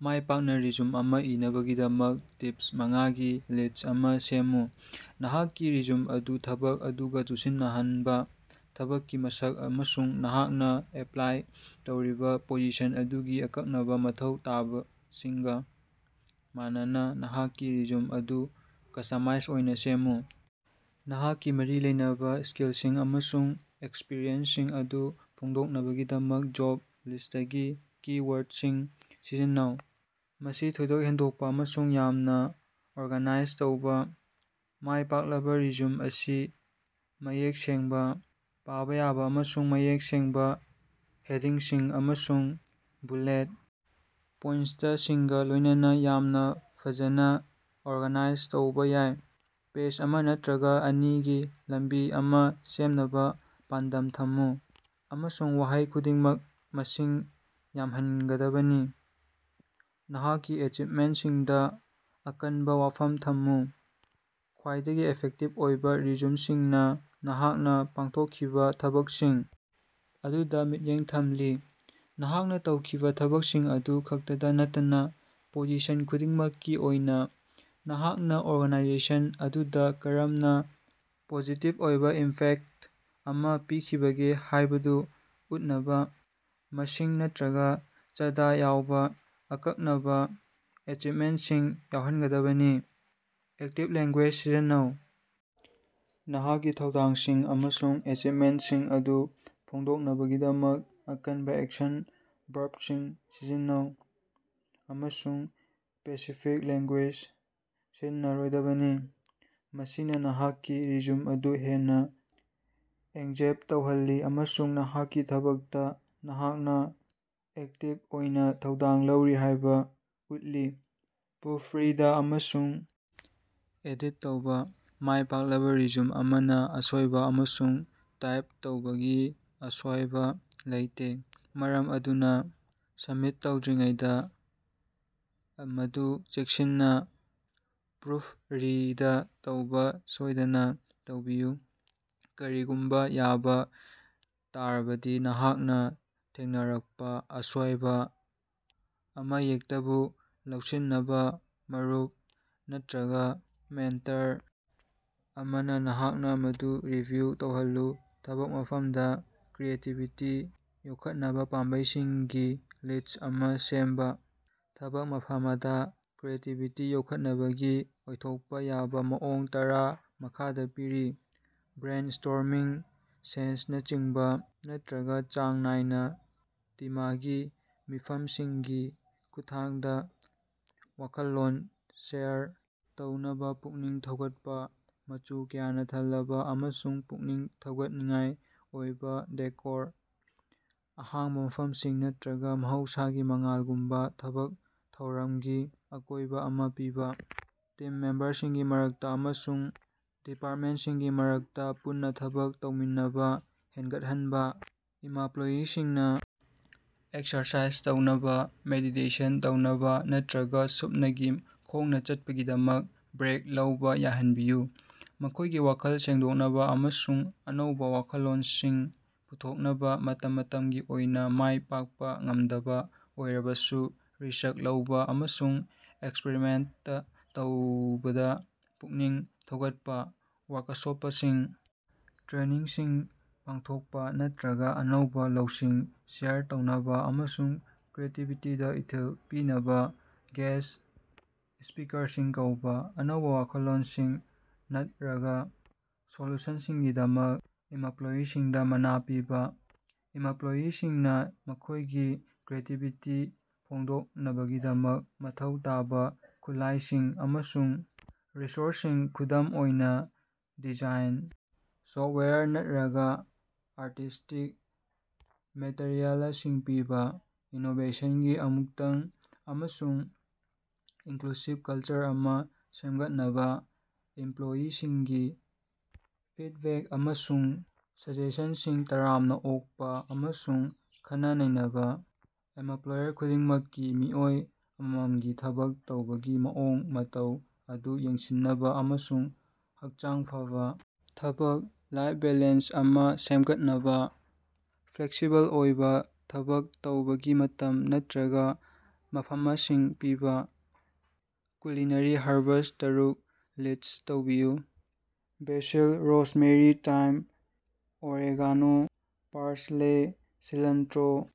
ꯃꯥꯏꯄꯥꯛꯅ résumé ꯑꯃ ꯏꯅꯕꯒꯤꯗꯃꯛ tips ꯃꯉꯥꯒꯤ list ꯑꯃ ꯁꯦꯝꯃꯨ꯫ ꯅꯍꯥꯛꯀꯤ ꯔꯤꯖ꯭ꯌꯨꯝ ꯑꯗꯨ ꯊꯕꯛ ꯑꯗꯨꯒꯥ ꯆꯨꯁꯤꯟꯅꯍꯟꯕꯥ: ꯊꯕꯛꯀꯤ ꯃꯁꯛ ꯑꯃꯁꯨꯡ ꯅꯍꯥꯛꯅꯥ ꯑꯦꯄꯂꯥꯏ ꯇꯧꯔꯤꯕꯥ ꯄꯣꯖꯤꯁꯟ ꯑꯗꯨꯒꯤ ꯑꯀꯛꯅꯕꯥ ꯃꯊꯧ ꯇꯥꯕꯁꯤꯡꯒꯥ ꯃꯥꯟꯅꯅꯥ ꯅꯍꯥꯛꯀꯤ ꯔꯤꯖ꯭ꯌꯨꯝ ꯑꯗꯨ ꯀꯁ꯭ꯇꯃꯁ ꯑꯣꯏꯅꯥ ꯁꯦꯝꯃꯨ꯫ ꯅꯍꯥꯛꯀꯤ ꯃꯔꯤ ꯂꯩꯅꯕꯥ ꯁ꯭ꯀꯤꯜꯁꯤꯡ ꯑꯃꯁꯨꯡ ꯑꯦꯛꯁꯄꯤꯔꯤꯑꯦꯟꯁꯁꯤꯡ ꯑꯗꯨ ꯐꯣꯡꯗꯣꯛꯅꯕꯒꯤꯗꯃꯛ ꯖꯣꯕ ꯂꯤꯁ꯭ꯇꯇꯒꯤ ꯀꯤ-ꯋꯥꯔꯗꯁꯤꯡ ꯁꯤꯖꯤꯟꯅꯧ꯫ ꯃꯁꯤ ꯊꯣꯏꯗꯣꯛ ꯍꯦꯟꯗꯣꯛꯄꯥ ꯑꯃꯁꯨꯡ ꯌꯥꯝꯅꯥ ꯑꯣꯔꯒꯅꯥꯏꯖ ꯇꯧꯕ: ꯃꯥꯏ ꯄꯥꯛꯂꯕꯥ ꯔꯤꯖ꯭ꯌꯨꯝ ꯑꯁꯤ ꯃꯌꯦꯛ ꯁꯦꯡꯕꯥ, ꯄꯥꯕꯥ ꯌꯥꯕ ꯑꯃꯁꯨꯡ ꯃꯌꯦꯛ ꯁꯦꯡꯕꯥ ꯍꯦꯗꯤꯡꯁꯤꯡ ꯑꯃꯁꯨꯡ ꯕꯨꯂꯦꯠ ꯄꯣꯏꯟꯇꯁꯤꯡꯒꯥ ꯂꯣꯏꯅꯅ ꯌꯥꯝꯅꯥ ꯐꯖꯅꯥ ꯑꯣꯔꯒꯅꯥꯏꯖ ꯇꯧꯕꯥ ꯌꯥꯏ꯫ ꯄꯦꯖ ꯑꯃ ꯅꯠꯇꯔꯒꯥ ꯑꯅꯤꯒꯤ ꯂꯝꯕꯤ ꯑꯃ ꯁꯦꯝꯅꯕꯥ ꯄꯥꯟꯗꯝ ꯊꯝꯃꯨ, ꯑꯃꯁꯨꯡ ꯋꯥꯍꯩ ꯈꯨꯗꯤꯡꯃꯛ ꯃꯁꯤꯡ ꯌꯥꯝꯍꯟꯒꯗꯕꯅꯤ꯫ ꯅꯍꯥꯛꯀꯤ ꯑꯦꯆꯤꯕꯃꯦꯟꯇꯁꯤꯡꯗꯥ ꯑꯀꯟꯕꯥ ꯋꯥꯐꯝ ꯊꯝꯃꯨ: ꯈ꯭ꯋꯥꯏꯗꯒꯤ ꯏꯐꯦꯛꯇꯤꯕ ꯑꯣꯏꯕꯥ ꯔꯤꯖ꯭ꯌꯨꯝꯁꯤꯡꯅ ꯅꯍꯥꯛꯅ ꯄꯥꯡꯊꯣꯛꯈꯤꯕ ꯊꯕꯛꯁꯤꯡ ꯑꯗꯨꯗ ꯃꯤꯠꯌꯦꯡ ꯊꯝꯂꯤ- ꯅꯍꯥꯛꯅꯥ ꯇꯧꯈꯤꯕ ꯊꯕꯛꯁꯤꯡ ꯑꯗꯨ ꯈꯛꯇꯗꯥ ꯅꯠꯇꯅꯥ꯫ ꯄꯣꯖꯤꯁꯟ ꯈꯨꯗꯤꯡꯃꯛꯀꯤ ꯑꯣꯏꯅꯥ, ꯅꯍꯥꯛꯅꯥ ꯑꯣꯔꯒꯥꯅꯥꯏꯖꯦꯁꯟ ꯑꯗꯨꯗꯥ ꯀꯔꯝꯅꯥ ꯄꯣꯖꯤꯇꯤꯚ ꯑꯣꯏꯕꯥ ꯏꯝꯄꯦꯛꯇ ꯑꯃ ꯄꯤꯈꯤꯕꯒꯦ ꯍꯥꯏꯕꯗꯨ ꯎꯠꯅꯕꯥ, ꯃꯁꯤꯡ ꯅꯠꯇꯔꯒꯥ ꯆꯥꯗꯥ ꯌꯥꯎꯕꯥ ꯑꯀꯛꯅꯕꯥ ꯑꯦꯆꯤꯚꯃꯦꯟꯇꯁꯤꯡ ꯌꯥꯎꯍꯟꯒꯗꯕꯅꯤ꯫ ꯑꯦꯛꯇꯤꯕ ꯂꯦꯡꯒꯨꯌꯦꯖ ꯁꯤꯖꯤꯟꯅꯧ: ꯅꯍꯥꯛꯀꯤ ꯊꯧꯗꯥꯡꯁꯤꯡ ꯑꯃꯁꯨꯡ ꯑꯦꯆꯤꯕꯃꯦꯟꯇꯁꯤꯡ ꯑꯗꯨ ꯐꯣꯡꯗꯣꯛꯅꯕꯒꯤꯗꯃꯛ ꯑꯀꯟꯕꯥ ꯑꯦꯛꯁꯟ ꯕꯔꯕꯁꯤꯡ ꯁꯤꯖꯤꯟꯅꯧ, ꯑꯃꯁꯨꯡ ꯄꯦꯁꯤꯐꯤꯛ ꯂꯦꯡꯒꯨꯌꯦꯖ ꯁꯤꯖꯤꯟꯅꯔꯣꯏꯗꯕꯅꯤ꯫ ꯃꯁꯤꯅꯥ ꯅꯍꯥꯛꯀꯤ ꯔꯤꯖ꯭ꯌꯨꯝ ꯑꯗꯨ ꯍꯦꯟꯅꯥ ꯑꯦꯡꯖꯦꯞ ꯇꯧꯍꯜꯂꯤ ꯑꯃꯁꯨꯡ ꯅꯍꯥꯛꯀꯤ ꯊꯕꯛꯇꯥ ꯅꯍꯥꯛꯅꯥ ꯑꯦꯛꯇꯤꯕ ꯑꯣꯏꯅꯥ ꯊꯧꯗꯥꯡ ꯂꯧꯔꯤ ꯍꯥꯏꯕꯥ ꯎꯠꯂꯤ꯫ ꯄ꯭ꯔꯨꯐꯔꯤꯗ ꯑꯃꯁꯨꯡ ꯑꯦꯗꯤꯠ ꯇꯧꯕꯥ: ꯃꯥꯏꯄꯥꯛꯂꯕꯥ ꯔꯤꯖ꯭ꯌꯨꯝ ꯑꯃꯅꯥ ꯑꯁꯣꯏꯕ ꯑꯃꯁꯨꯡ ꯇꯥꯏꯞ ꯇꯧꯕꯒꯤ ꯑꯁꯣꯌꯕꯥ ꯂꯩꯇꯦ, ꯃꯔꯝ ꯑꯗꯨꯅꯥ ꯁꯕꯃꯤꯠ ꯇꯧꯗ꯭ꯔꯤꯉꯩꯗꯥ ꯃꯗꯨ ꯆꯦꯛꯁꯤꯟꯅꯥ ꯄ꯭ꯔꯨꯐ ꯔꯤꯗ ꯇꯧꯕꯥ ꯁꯣꯏꯗꯅꯥ ꯇꯧꯕꯤꯌꯨ꯫ ꯀꯔꯤꯒꯨꯝꯕꯥ ꯌꯥꯕꯥ ꯇꯥꯔꯕꯗꯤ, ꯅꯍꯥꯛꯅꯥ ꯊꯦꯡꯅꯔꯛꯄꯥ ꯑꯁꯣꯌꯕꯥ ꯑꯃꯍꯦꯛꯇꯕꯨ ꯂꯧꯁꯤꯟꯅꯕꯥ ꯃꯔꯨꯞ ꯅꯠꯇꯔꯒꯥ ꯃꯦꯟꯇꯔ ꯑꯃꯅꯥ ꯅꯍꯥꯛꯅꯥ ꯃꯗꯨ ꯔꯤꯚꯤꯌꯨ ꯇꯧꯍꯜꯂꯨ꯫ ꯊꯕꯛ ꯃꯐꯝꯗꯥ ꯀ꯭ꯔꯤꯌꯦꯇꯤꯕꯤꯇꯤ ꯌꯣꯛꯈꯠꯅꯕꯥ ꯄꯥꯝꯕꯩꯁꯤꯡꯒꯤ ꯂꯤꯁꯠ ꯑꯃ ꯁꯦꯝꯕꯥ꯫ ꯊꯕꯛ ꯃꯐꯃꯗꯥ ꯀ꯭ꯔꯤꯌꯦꯇꯤꯕꯤꯇꯤ ꯌꯣꯛꯈꯠꯅꯕꯒꯤ ꯑꯣꯏꯊꯣꯛꯄꯥ ꯌꯥꯕꯥ ꯃꯑꯣꯡ ꯇꯔꯥ ꯃꯈꯥꯗꯥ ꯄꯤꯔꯤ: ꯕ꯭ꯔꯦꯟꯁ꯭ꯇꯣꯔꯃꯤꯡ ꯁꯦꯁꯅꯁꯤꯡ ꯅꯠꯇꯔꯒꯥ ꯆꯥꯡ ꯅꯥꯏꯅꯥ ꯇꯤꯃꯒꯤ ꯃꯤꯐꯝꯁꯤꯡꯒꯤ ꯈꯨꯠꯊꯥꯡꯗꯥ ꯋꯥꯈꯜꯂꯣꯟ ꯁꯦꯌꯔ ꯇꯧꯅꯕꯥ ꯄꯨꯛꯅꯤꯡ ꯊꯧꯒꯠꯄꯥ꯫ ꯃꯆꯨ ꯀꯌꯥꯅꯥ ꯊꯜꯂꯕꯥ ꯑꯃꯁꯨꯡ ꯄꯨꯛꯅꯤꯡ ꯊꯧꯒꯠꯅꯤꯡꯉꯥꯏ ꯑꯣꯏꯕꯥ ꯗꯦꯀꯣꯔ, ꯑꯍꯥꯡꯕꯥ ꯃꯐꯝꯁꯤꯡ ꯅꯠꯇꯔꯒꯥ ꯃꯍꯧꯁꯥꯒꯤ ꯃꯉꯥꯜꯒꯨꯝꯕꯥ ꯊꯕꯛ ꯊꯧꯔꯝꯒꯤ ꯑꯀꯣꯏꯕꯥ ꯑꯃ ꯄꯤꯕꯥ꯫ ꯇꯤꯝ ꯃꯦꯝꯕꯔꯁꯤꯡꯒꯤ ꯃꯔꯛꯇꯥ ꯑꯃꯁꯨꯡ ꯗꯤꯄꯥꯔꯇꯃꯦꯟꯇꯁꯤꯡꯒꯤ ꯃꯔꯛꯇꯥ ꯄꯨꯟꯅꯥ ꯊꯕꯛ ꯇꯧꯃꯤꯟꯅꯕꯥ ꯍꯦꯟꯒꯠꯍꯟꯕ ꯫ ꯏꯃꯄꯂꯣꯌꯤꯁꯤꯡꯅꯥ ꯑꯦꯛꯁꯔꯁꯥꯏꯖ ꯇꯧꯅꯕꯥ, ꯃꯦꯗꯤꯇꯦꯁꯟ ꯇꯧꯅꯕꯥ ꯅꯠꯇꯔꯒꯥ ꯁꯨꯞꯅꯒꯤ ꯈꯣꯡꯅꯥ ꯆꯠꯄꯒꯤꯗꯃꯛ ꯕ꯭ꯔꯦꯛ ꯂꯧꯕꯥ ꯌꯥꯍꯟꯕꯤꯌꯨ, ꯃꯈꯣꯏꯒꯤ ꯋꯥꯈꯜ ꯁꯦꯡꯗꯣꯛꯅꯕꯥ ꯑꯃꯁꯨꯡ ꯑꯅꯧꯕꯥ ꯋꯥꯈꯜꯂꯣꯅꯁꯤꯡ ꯄꯨꯊꯣꯛꯅꯕꯥ꯫ ꯃꯇꯝ ꯃꯇꯝꯒꯤ ꯑꯣꯏꯅꯥ ꯃꯥꯏ ꯄꯥꯛꯄꯥ ꯉꯝꯗꯕꯥ ꯑꯣꯏꯔꯕꯁꯨ ꯔꯤꯁꯛ ꯂꯧꯕꯥ ꯑꯃꯁꯨꯡ ꯑꯦꯛꯁꯄꯔꯤꯃꯦꯟꯇ ꯇꯧꯕꯗꯥ ꯄꯨꯛꯅꯤꯡ ꯊꯧꯒꯠꯄꯥ꯫ ꯋꯥꯔꯀꯁꯣꯄꯁꯤꯡ, ꯇ꯭ꯔꯦꯅꯤꯡꯁꯤꯡ ꯄꯥꯡꯊꯣꯛꯄꯥ ꯅꯠꯇꯔꯒꯥ ꯑꯅꯧꯕꯥ ꯂꯧꯁꯤꯡ ꯁꯦꯌꯔ ꯇꯧꯅꯕꯥ ꯑꯃꯁꯨꯡ ꯀ꯭ꯔꯤꯌꯦꯇꯤꯕꯤꯇꯤꯗꯥ ꯏꯊꯤꯜ ꯄꯤꯅꯕꯥ ꯒꯦꯁꯠ ꯁ꯭ꯄꯤꯀꯔꯁꯤꯡ ꯀꯧꯕꯥ꯫ ꯑꯅꯧꯕꯥ ꯋꯥꯈꯜꯂꯣꯟꯁꯤꯡ ꯅꯠꯔꯒꯥ ꯁꯣꯂꯨꯁꯟꯁꯤꯡꯒꯤꯗꯃꯛ ꯏꯃꯄꯂꯣꯌꯤꯁꯤꯡꯗꯥ ꯃꯅꯥ ꯄꯤꯕꯥ꯫ ꯏꯃꯄꯂꯣꯌꯤꯁꯤꯡꯅꯥ ꯃꯈꯣꯏꯒꯤ ꯀ꯭ꯔꯤꯌꯦꯇꯤꯕꯤꯇꯤ ꯐꯣꯡꯗꯣꯛꯅꯕꯒꯤꯗꯃꯛ ꯃꯊꯧ ꯇꯥꯕꯥ ꯈꯨꯠꯂꯥꯏꯁꯤꯡ ꯑꯃꯁꯨꯡ ꯔꯤꯁꯣꯔꯁꯁꯤꯡ, ꯈꯨꯗꯝ ꯑꯣꯏꯅꯥ ꯗꯤꯖꯥꯏꯟ ꯁꯣꯐꯋꯦꯌꯔ ꯅꯠꯔꯒꯥ ꯑꯥꯔꯇꯤꯁꯇꯤꯛ ꯃꯦꯇꯔꯤꯑꯦꯂꯁꯤꯡ ꯄꯤꯕꯥ꯫ ꯏꯅꯣꯕꯦꯁꯟꯒꯤ ꯑꯃꯨꯛꯇꯪ ꯑꯃꯁꯨꯡ ꯏꯟꯀ꯭ꯂꯨꯁꯤꯕ ꯀꯜꯆꯔ ꯑꯃ ꯁꯦꯝꯒꯠꯅꯕꯥ, ꯏꯝꯄꯂꯣꯌꯤꯁꯤꯡꯒꯤ ꯐꯤꯗꯕꯦꯛ ꯑꯃꯁꯨꯡ ꯁꯖꯦꯁꯟꯁꯤꯡ ꯇꯔꯥꯝꯅꯥ ꯑꯣꯛꯄꯥ ꯑꯃꯁꯨꯡ ꯈꯟꯅ-ꯅꯩꯅꯕꯥ꯫ ꯑꯦꯃꯄꯂꯣꯌꯔ ꯈꯨꯗꯤꯡꯃꯛꯀꯤ ꯃꯤꯑꯣꯏ ꯑꯃꯃꯝꯒꯤ ꯊꯕꯛ ꯇꯧꯕꯒꯤ ꯃꯑꯣꯡ ꯃꯇꯧ ꯑꯗꯨ ꯌꯦꯡꯁꯤꯟꯅꯕꯥ ꯑꯃꯁꯨꯡ ꯍꯛꯆꯥꯡ ꯐꯕꯥ ꯊꯕꯛ-ꯂꯥꯏꯐ ꯕꯦꯂꯦꯟꯁ ꯑꯃ ꯁꯦꯝꯒꯠꯅꯕꯥ, ꯐ꯭ꯂꯦꯛꯁꯤꯕꯜ ꯑꯣꯏꯕꯥ ꯊꯕꯛ ꯇꯧꯕꯒꯤ ꯃꯇꯝ ꯅꯠꯇꯔꯒꯥ ꯃꯐꯃꯁꯤꯡ ꯄꯤꯕꯥ꯫ ꯀꯨꯂꯤꯅꯔꯤ ꯍꯔꯕꯁ ꯇꯔꯨꯛ ꯂꯤꯁꯠ ꯇꯧꯕꯤꯌꯨ꯫ Basil rosemary thyme oregano parsley ꯁꯤꯂꯟꯇꯔꯣ